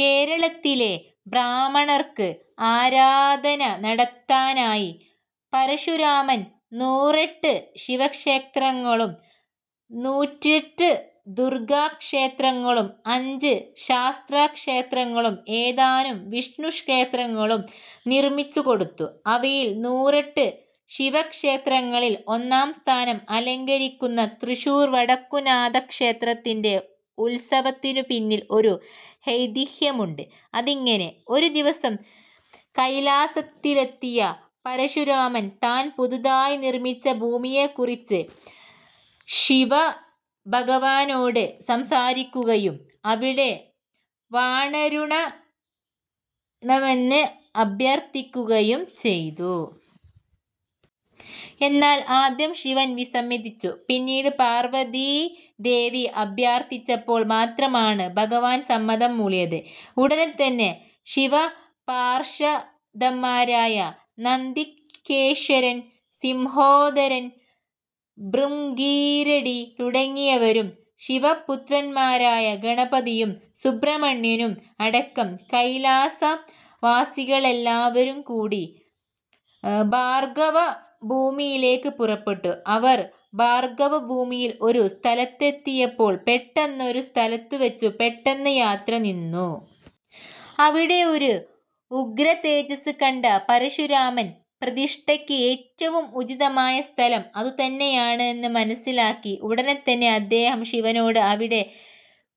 കേരളത്തിലെ ബ്രാഹ്മണർക്ക് ആരാധന നടത്താനായി പരശുരാമൻ നൂറെട്ട് ശിവക്ഷേത്രങ്ങളും നൂറ്റെട്ട് ദുർഗ്ഗാക്ഷേത്രങ്ങളും അഞ്ച് ശാസ്താക്ഷേത്രങ്ങളും ഏതാനും വിഷ്ണുക്ഷേത്രങ്ങളും നിർമ്മിച്ചുകൊടുത്തു. അവയിൽ നൂറെട്ട് ശിവക്ഷേത്രങ്ങളിൽ ഒന്നാം സ്ഥാനം അലങ്കരിയ്ക്കുന്ന തൃശ്ശൂർ വടക്കുംനാഥക്ഷേത്രത്തിന്റെ ഉത്ഭവത്തിനുപിന്നിൽ ഒരു ഐതിഹ്യമുണ്ട്. അതിങ്ങനെ: ഒരുദിവസം കൈലാസത്തിലെത്തിയ പരശുരാമൻ താൻ പുതുതായി നിർമ്മിച്ച ഭൂമിയെക്കുറിച്ച് ശിവഭഗവാനോട് സംസാരിക്കുകയും അവിടെ വാണരുളണമെന്ന് അഭ്യർത്ഥിക്കുകയും ചെയ്തു. എന്നാൽ ആദ്യം ശിവൻ വിസമ്മതിച്ചു. പിന്നീട് പാർവ്വതീദേവി അഭ്യർത്ഥിച്ചപ്പോൾ മാത്രമാണ് ഭഗവാൻ സമ്മതം മൂളിയത്. ഉടനെത്തന്നെ ശിവപാർഷദന്മാരായ നന്തികേശ്വരൻ, സിംഹോദരൻ, ഭൃംഗീരടി തുടങ്ങിയവരും ശിവപുത്രന്മാരായ ഗണപതിയും സുബ്രഹ്മണ്യനും അടക്കം കൈലാസവാസികളെല്ലാവരും കൂടി ഭാർഗ്ഗവഭൂമിയിലേയ്ക്ക് പുറപ്പെട്ടു. അവർ ഭാർഗ്ഗവഭൂമിയിൽ ഒരു സ്ഥലത്തെത്തിയപ്പോൾ പെട്ടെന്നൊരു സ്ഥലത്തുവച്ച് പെട്ടെന്ന് യാത്ര നിന്നു. അവിടെ ഒരു ഉഗ്രതേജസ്സ് കണ്ട പരശുരാമൻ പ്രതിഷ്ഠയ്ക്ക് ഏറ്റവും ഉചിതമായ സ്ഥലം അതുതന്നെയെന്ന് മനസ്സിലാക്കി. ഉടനെത്തന്നെ അദ്ദേഹം ശിവനോട് അവിടെ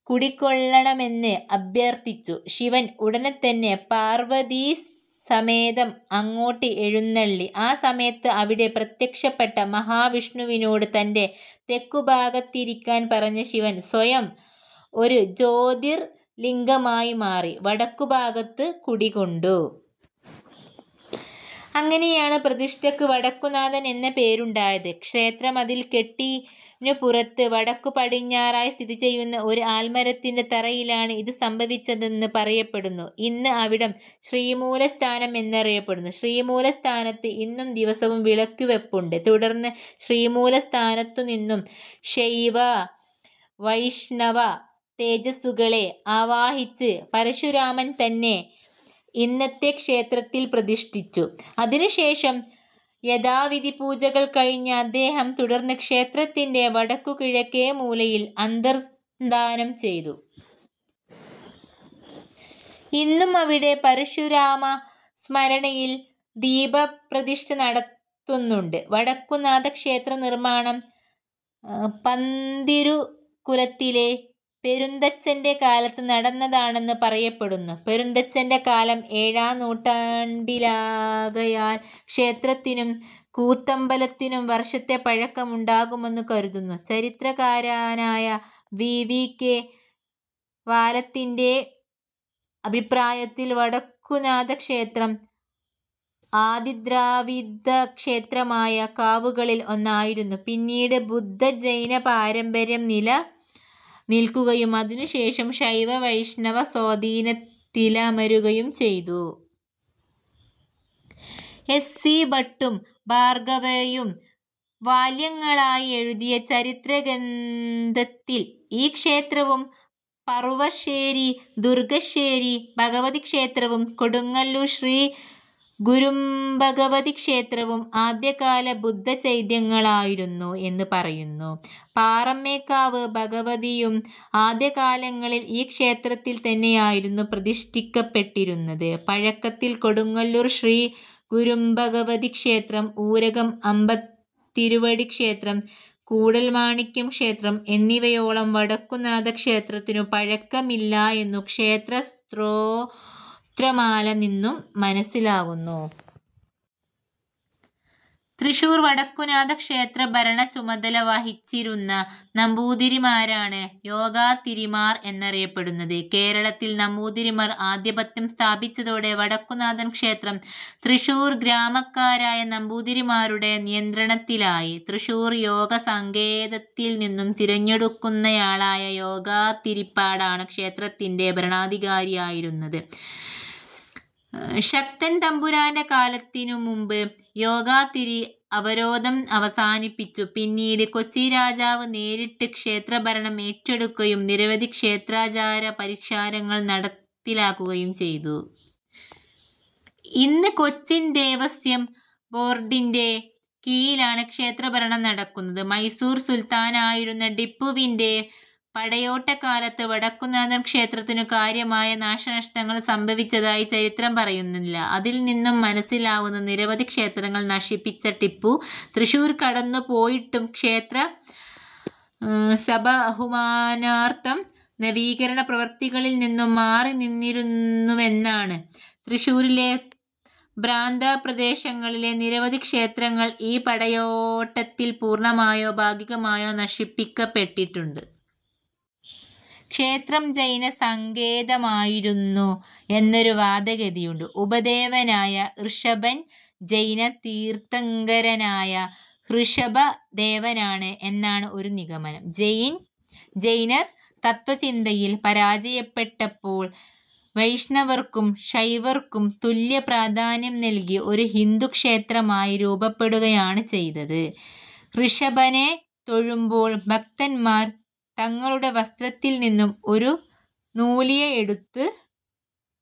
കുടികൊള്ളണമെന്ന് അഭ്യർത്ഥിച്ചു. ശിവൻ ഉടനെത്തന്നെ പാർവ്വതീസമേതം അങ്ങോട്ട് എഴുന്നള്ളി. ആ സമയത്ത് അവിടെ പ്രത്യക്ഷപ്പെട്ട മഹാവിഷ്ണുവിനോട് തന്റെ തെക്കുഭാഗത്തിരിയ്ക്കാൻ പറഞ്ഞ ശിവൻ സ്വയം ഒരു ജ്യോതിർലിംഗമായി മാറി വടക്കുഭാഗത്ത് കുടികൊണ്ടു. അങ്ങനെയാണ് പ്രതിഷ്ഠയ്ക്ക് വടക്കുംനാഥൻ എന്ന പേരുണ്ടായത്. ക്ഷേത്രമതിൽക്കെട്ടിനുപുറത്ത് വടക്കുപടിഞ്ഞാറായി സ്ഥിതിചെയ്യുന്ന ഒരു ആൽമരത്തിന്റെ തറയിലാണ് ഇത് സംഭവിച്ചതെന്ന് പറയപ്പെടുന്നു. ഇന്ന് അവിടം ശ്രീമൂലസ്ഥാനം എന്നറിയപ്പെടുന്നു. ശ്രീമൂലസ്ഥാനത്ത് ഇന്നും ദിവസവും വിളക്കുവയ്പുണ്ട്. തുടർന്ന് ശ്രീമൂലസ്ഥാനത്തുനിന്നും ശൈവവൈഷ്ണവതേജസ്സുകളെ ആവാഹിച്ച് പരശുരാമൻ തന്നെ ഇന്നത്തെ ക്ഷേത്രത്തിൽ പ്രതിഷ്ഠിച്ചു. അതിനുശേഷം യഥാവിധി പൂജകൾ കഴിഞ്ഞ അദ്ദേഹം തുടർന്ന് ക്ഷേത്രത്തിന്റെ വടക്കുകിഴക്കേമൂലയിൽ അന്തർദ്ധാനം ചെയ്തു. ഇന്നും അവിടെ പരശുരാമസ്മരണയിൽ ദീപപ്രതിഷ്ഠ നടത്തുന്നുണ്ട്. വടക്കുംനാഥക്ഷേത്ര നിർമ്മാണം പന്തിരുകുലത്തിലെ പെരുന്തച്ചൻറെ കാലത്ത് നടന്നതാണെന്ന് പറയപ്പെടുന്നു. പെരുന്തച്ചൻറെ കാലം ഏഴാം നൂറ്റാണ്ടിലാകയാൽ ക്ഷേത്രത്തിനും കൂത്തമ്പലത്തിനും വർഷത്തെ പഴക്കം ഉണ്ടാകുമെന്ന് കരുതുന്നു.. ചരിത്രകാരനായ വി. വി. കെ. വാലത്തിന്റെ അഭിപ്രായത്തിൽ വടക്കുംനാഥക്ഷേത്രം ആദിദ്രാവിഡക്ഷേത്രമായ കാവുകളിൽ ഒന്നായിരുന്നു. പിന്നീട് ബുദ്ധ-ജൈന പാരമ്പര്യം നിലനിൽക്കുകയും അതിനുശേഷം ശൈവ-വൈഷ്ണവ സ്വാധീനത്തിലമരുകയും ചെയ്തു. എസ്. സി. ഭട്ടും ബാർഗവയും വാല്യങ്ങളിലായി എഴുതിയ ചരിത്രഗ്രന്ഥത്തിൽ ഈ ക്ഷേത്രവും പറുവശ്ശേരി ദുർഗ്ഗശ്ശേരി ഭഗവതി ക്ഷേത്രവും കൊടുങ്ങല്ലൂർ ശ്രീ കുരുംബഭഗവതി ക്ഷേത്രവും ആദ്യകാല ബുദ്ധചൈത്യങ്ങളായിരുന്നു എന്നു പറയുന്നു. പാറമേക്കാവ് ഭഗവതിയും ആദ്യകാലങ്ങളിൽ ഈ ക്ഷേത്രത്തിൽ തന്നെയായിരുന്നു പ്രതിഷ്ഠിക്കപ്പെട്ടിരുന്നത്. പഴക്കത്തിൽ കൊടുങ്ങല്ലൂർ ശ്രീ കുരുംബഭഗവതി ക്ഷേത്രം, ഊരകം അമ്മത്തിരുവടി ക്ഷേത്രം, കൂടൽമാണിക്യം ക്ഷേത്രം എന്നിവയോളം വടക്കുംനാഥക്ഷേത്രത്തിനു പഴക്കമില്ല എന്നു ക്ഷേത്രസ്തോത്രമാല നിന്നും മനസ്സിലാവുന്നു. തൃശ്ശുർ വടക്കുംനാഥക്ഷേത്ര ഭരണച്ചുമതല വഹിച്ചിരുന്ന നമ്പൂതിരിമാരാണ് യോഗാതിരിമാർ എന്നറിയപ്പെട്ടിരുന്നത്. കേരളത്തിൽ നമ്പൂതിരിമാർ ആധിപത്യം സ്ഥാപിച്ചതോടെ വടക്കുംനാഥൻ ക്ഷേത്രം തൃശ്ശൂർ ഗ്രാമക്കാരായ നമ്പൂതിരിമാരുടെ നിയന്ത്രണത്തിലായി. തൃശ്ശൂർ യോഗസങ്കേതത്തിൽനിന്നും തിരഞ്ഞെടുക്കുന്നയാളായ യോഗാതിരിപ്പാടാണ് ക്ഷേത്രത്തിൻറെ ഭരണാധികാരിയായിരുന്നത്. ശക്തൻ തമ്പുരാന്റെ കാലത്തിനു മുൻപ് യോഗാതിരി അവരോധം അവസാനിപ്പിച്ചു. പിന്നീട് കൊച്ചിരാജാവ് നേരിട്ട് ക്ഷേത്രഭരണം ഏറ്റെടുക്കുകയും നിരവധി ക്ഷേത്രാചാര പരിഷ്കാരങ്ങൾ നടപ്പിലാക്കുകയും ചെയ്തു. ഇന്ന് കൊച്ചിൻ ദേവസ്വം ബോർഡിൻറെ കീഴിലാണ് ക്ഷേത്രഭരണം നടക്കുന്നത്. മൈസൂർ സുൽത്താനായിരുന്ന ടിപ്പുവിന്റെ പടയോട്ടകാലത്ത് വടക്കുംനാഥൻ ക്ഷേത്രത്തിനു കാര്യമായ നാശനഷ്ടങ്ങൾ സംഭവിച്ചതായി ചരിത്രം പറയുന്നില്ല. അതിൽ നിന്നും മനസ്സിലാവുന്നത് നിരവധിക്ഷേത്രങ്ങൾ നശിപ്പിച്ച ടിപ്പു, തൃശ്ശൂർ കടന്നു പോയിട്ടും ക്ഷേത്രേശബഹുമാനാർത്ഥം നശീകരണ പ്രവൃത്തികളിൽ നിന്നും മാറിനിന്നിരുന്നുവെന്നാണ്. തൃശ്ശൂരിലെ പ്രാന്തപ്രദേശങ്ങളിലെ നിരവധി ക്ഷേത്രങ്ങൾ ഈ പടയോട്ടത്തിൽ പൂർണ്ണമായോ ഭാഗികമായോ നശിപ്പിയ്ക്കപ്പെട്ടിട്ടുണ്ട്. ക്ഷേത്രം ജൈനസങ്കേതമായിരുന്നു എന്നൊരു വാദഗതിയുണ്ട്. ഉപദേവനായ ഋഷഭൻ ജൈന തീർത്ഥങ്കരനായ ഋഷഭദേവനാണ് എന്നാണ് ഒരു നിഗമനം. ജൈൻജൈനർ തത്ത്വചിന്തയിൽ പരാജയപ്പെട്ടപ്പോൾ വൈഷ്ണവർക്കും ശൈവർക്കും തുല്യ പ്രാധാന്യം നൽകി ഒരു ഹിന്ദുക്ഷേത്രമായി രൂപപ്പെടുകയാണ് ചെയ്തത്. ഋഷഭനെ തൊഴുമ്പോൾ ഭക്തന്മാർ തങ്ങളുടെ വസ്ത്രത്തിൽ നിന്നും ഒരു നൂലിഴ എടുത്ത്